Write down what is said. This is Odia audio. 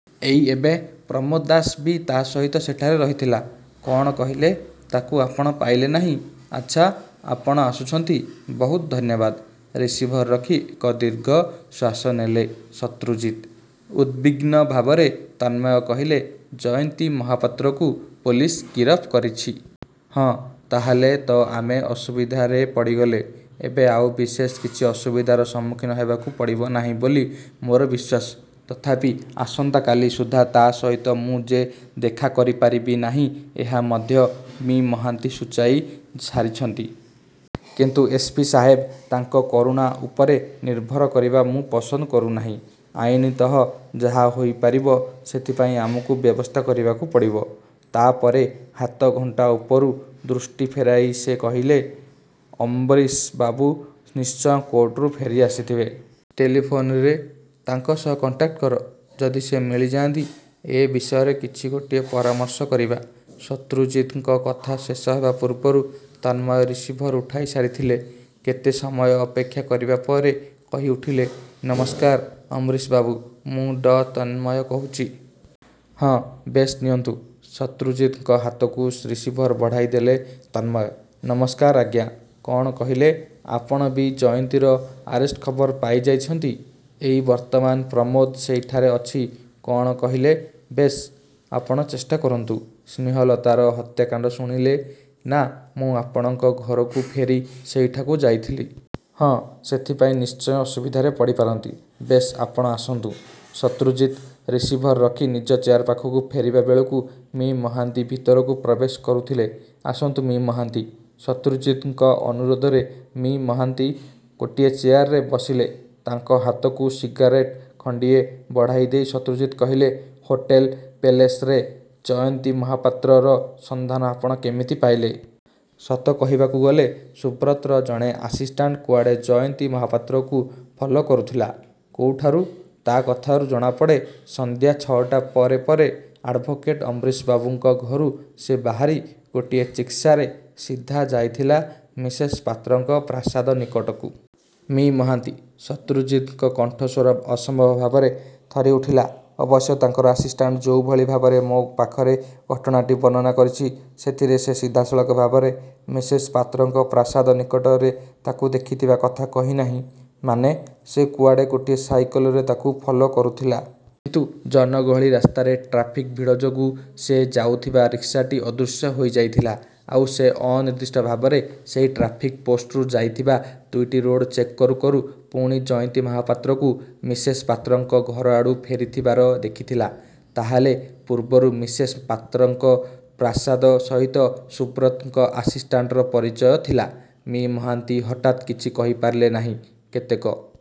ଏଇ ଏବେ, ପ୍ରମୋଦ ଦାସ ବି ତା'ସହିତ ସେଠାରେ ରହିଥିଲା କଣ କହିଲେ ତାକୁ ଆପଣ ପାଇଲେ ନାହିଁ। ଆଚ୍ଛା ଆପଣ ଆସୁଛନ୍ତି ବହୁତ ଧନ୍ୟବାଦ। ' ରିସିଭର ରଖି ଏକ ଦୀର୍ଘ ଶ୍ୱାସ ନେଲେ ଶତ୍ରୁଜିତ। ଉଦ୍ବିଗ୍ନ ଭାବରେ ତନ୍ମୟ କହିଲେ, 'ଜୟନ୍ତୀ ମହାପାତ୍ରକୁ ପୋଲିସ ଗିରଫ କରିଛି? 'ହଁ' 'ତା'ହେଲେ ତ ଆମେ ଅସୁବିଧାରେ ପଡ଼ିଗଲେ' 'ଏବେ ଆଉ ବିଶେଷ କିଛି ଅସୁବିଧାର ସମ୍ମୁଖୀନ ହେବାକୁ ପଡ଼ିବ ନାହିଁ ବୋଲି ମୋର ବିଶ୍ୱାସ। ତଥାପି ଆସନ୍ତା କାଲି ସୁଦ୍ଧା ତା'ସହିତ ମୁଁ ଯେ ଦେଖା କରିପାରିବି ନାହିଁ ଏହା ମଧ୍ୟ ମି: ମହାନ୍ତି ସୂଚାଇ ସାରିଛନ୍ତି। ' 'କିନ୍ତୁ ଏସ. ପି. ସାହେବ' 'ତାଙ୍କ କରୁଣା ଉପରେ ନିର୍ଭର କରିବା ମୁଁ ପସନ୍ଦ କରୁନାହିଁ। ଆଇନତଃ ଯାହା ହେଇପାରିବ, ସେଥିପାଇଁ ଆମକୁ ବ୍ୟବସ୍ଥା କରିବାକୁ ପଡ଼ିବ। ' ତା'ପରେ ହାତଘଣ୍ଟା ଉପରୁ ଦୃଷ୍ଟି ଫେରାଇ ସେ କହିଲେ, 'ଅମ୍ୱରୀଶବାବୁ ନିଶ୍ଚୟ କୋର୍ଟରୁ ଫେରିଆସିଥିବେ। ଟେଲିଫୋନରେ। ତାଙ୍କ ସହ କଣ୍ଟାକ୍ଟ କର। ଯଦି ସେ ମିଳିଯାଆନ୍ତି ଏ ବିଷୟରେ କିଛି ଗୋଟିଏ ପରାମର୍ଶ କରିବା। ' ଶତ୍ରୁଜିତଙ୍କ କଥା ଶେଷ ହେବା ପୂର୍ବରୁ ତନ୍ମୟ ରିସିଭର ଉଠାଇ ସାରିଥିଲେ। କେତେ ସମୟ ଅପେକ୍ଷା କରିବା ପରେ କହିଉଠିଲେ, 'ନମସ୍କାର ଅମ୍ୱରୀଶବାବୁ, ମୁଁ ଡ: ତନ୍ମୟ କହୁଛି। ହଁ ବେଶ୍, ନିଅନ୍ତୁ। ' ଶତ୍ରୁଜିତଙ୍କ ହାତକୁ ରିସିଭର ବଢ଼ାଇଦେଲେ ତନ୍ମୟ। 'ନମସ୍କାର ଆଜ୍ଞା, କଣ କହିଲେ ଆପଣ ବି ଜୟନ୍ତୀର ଆରେଷ୍ଟ ଖବର ପାଇଯାଇଛନ୍ତି-। ଏଇ ବର୍ତ୍ତମାନ ପ୍ରମୋଦ ସେହିଠାରେ ଅଛି କଣ କହିଲେ-ବେଶ୍, ଆପଣ ଚେଷ୍ଟାକରନ୍ତୁ-। ସ୍ନେହଲତାର ହତ୍ୟାକାଣ୍ତ ଶୁଣିଲେ, ନା-ମୁଁ ଆପଣଙ୍କ ଘରୁ ଫେରି ସେହିଠାକୁ ଯାଇଥିଲି। ହଁ, ସେଇଥିପାଇଁ ନିଶ୍ଚୟ ଅସୁବିଧାରେ ପଡ଼ିପାରନ୍ତି। ବେଶ୍, ଆପଣ ଆସନ୍ତୁ। ' ଶତ୍ରୁଜିତ ରିସିଭର ରଖି ନିଜ ଚେୟାର ପାଖକୁ ଫେରିବାବେଳକୁ ମି: ମହାନ୍ତି ଭିତରକୁ ପ୍ରବେଶ କରୁଥିଲେ। 'ଆସନ୍ତୁ, ମି: ମହାନ୍ତି! ' ଶତ୍ରୁଜିତଙ୍କ ଅନୁରୋଧରେ ମି: ମହାନ୍ତି ଗୋଟିଏ ଚେୟାରରେ ବସିଲେ। ତାଙ୍କ ହାତକୁ ସିଗାରେଟ୍ ଖଣ୍ତିଏ ବଢାଇ ଦେଇ ଶତ୍ରୁଜିତ କହିଲେ, 'ହୋଟେଲ ପେଲେସରେ ଜୟନ୍ତୀ ମହାପାତ୍ରର ସନ୍ଧାନ ଆପଣ କେମିତି ପାଇଲେ? 'ସତ କହିବାକୁ ଗଲେ ସୁବ୍ରତର ଜଣେ ଆସିଷ୍ଟାଣ୍ଟ କୁଆଡ଼େ ଜୟନ୍ତୀ ମହାପାତ୍ରକୁ ଫଲୋ କରୁଥିଲା। ' 'କୋଉଠାରୁ? ' 'ତା କଥାରୁ ଜଣାପଡ଼େ, ସଂଧ୍ୟା ଛ'ଟା ପରେ ପରେ ଆଡ଼୍ଭୋକେଟ ଅମ୍ବରୀଶବାବୁଙ୍କ ଘରୁ ସେ ବାହାରି ଗୋଟିଏ ଚିକ୍ସାରେ ସିଧା ଯାଇଥିଲା ମିସେସ ପାତ୍ରଙ୍କ ପ୍ରାସାଦ ନିକଟକୁ। ' ମିଃ: ମହାନ୍ତି! ' ଶତ୍ରୁଜିତଙ୍କ କଣ୍ଠସ୍ୱର ଅସମ୍ଭବ ଭାବରେ ଥରିଉଠିଲା। 'ଅବଶ୍ୟ ତାଙ୍କର ଆସିଷ୍ଟାଣ୍ଟ ଯୋଉଭଳି ଭାବରେ ମୋ ପାଖରେ ଘଟଣାଟି ବର୍ଣ୍ଣନା କରିଛି ସେଥିରେ ସେ ସିଧାସଳଖ ଭାବରେ ମିସେସ୍ ପାତ୍ରଙ୍କ ପ୍ରାସାଦ ନିକଟରେ ତାକୁ ଦେଖିଥିବା କଥା କହିନାହିଁ' 'ମାନେ? ' 'ସେ କୁଆଡ଼େ ଗୋଟିଏ ସାଇକେଲରେ ତାକୁ ଫଲୋ କରୁଥିଲା। କିନ୍ତୁ ଜନଗହଳି ରାସ୍ତାରେ ଟ୍ରାଫିକ୍ର ଭିଡ଼ ଯୋଗୁଁ ସେ ଯାଉଥିବା ରିକ୍ସାଟି ଅଦୃଶ୍ୟ ହେଇଯାଇଥିଲା। ଆଉ ସେ ଅନିର୍ଦ୍ଦିଷ୍ଟ ଭାବରେ ସେଇ ଟ୍ରାଫିକ୍ ପୋଷ୍ଟରୁ ଯାଇଥିବା ଦୁଇଟି ରୋଡ଼ ଚେକ୍ କରୁ କରୁ ପୁଣି ଜୟନ୍ତୀ ମହାପାତ୍ରକୁ ମିସେସ୍ ପାତ୍ରଙ୍କ ଘରଆଡ଼ୁ ଫେରିଥିବାର ଦେଖିଥିଲା। ' 'ତା' ହେଲେ ପୂର୍ବରୁ ମିସେସ ପାତ୍ରଙ୍କ ପ୍ରାସାଦ ସହିତ ସୁବ୍ରତଙ୍କ ଆସିଷ୍ଟାଣ୍ଟର ପରିଚୟ ଥିଲା? ' 'ମି: ମହାନ୍ତି ହଠାତ୍ କିଛି କହିପାରିଲେ ନାହିଁ। କେତେକ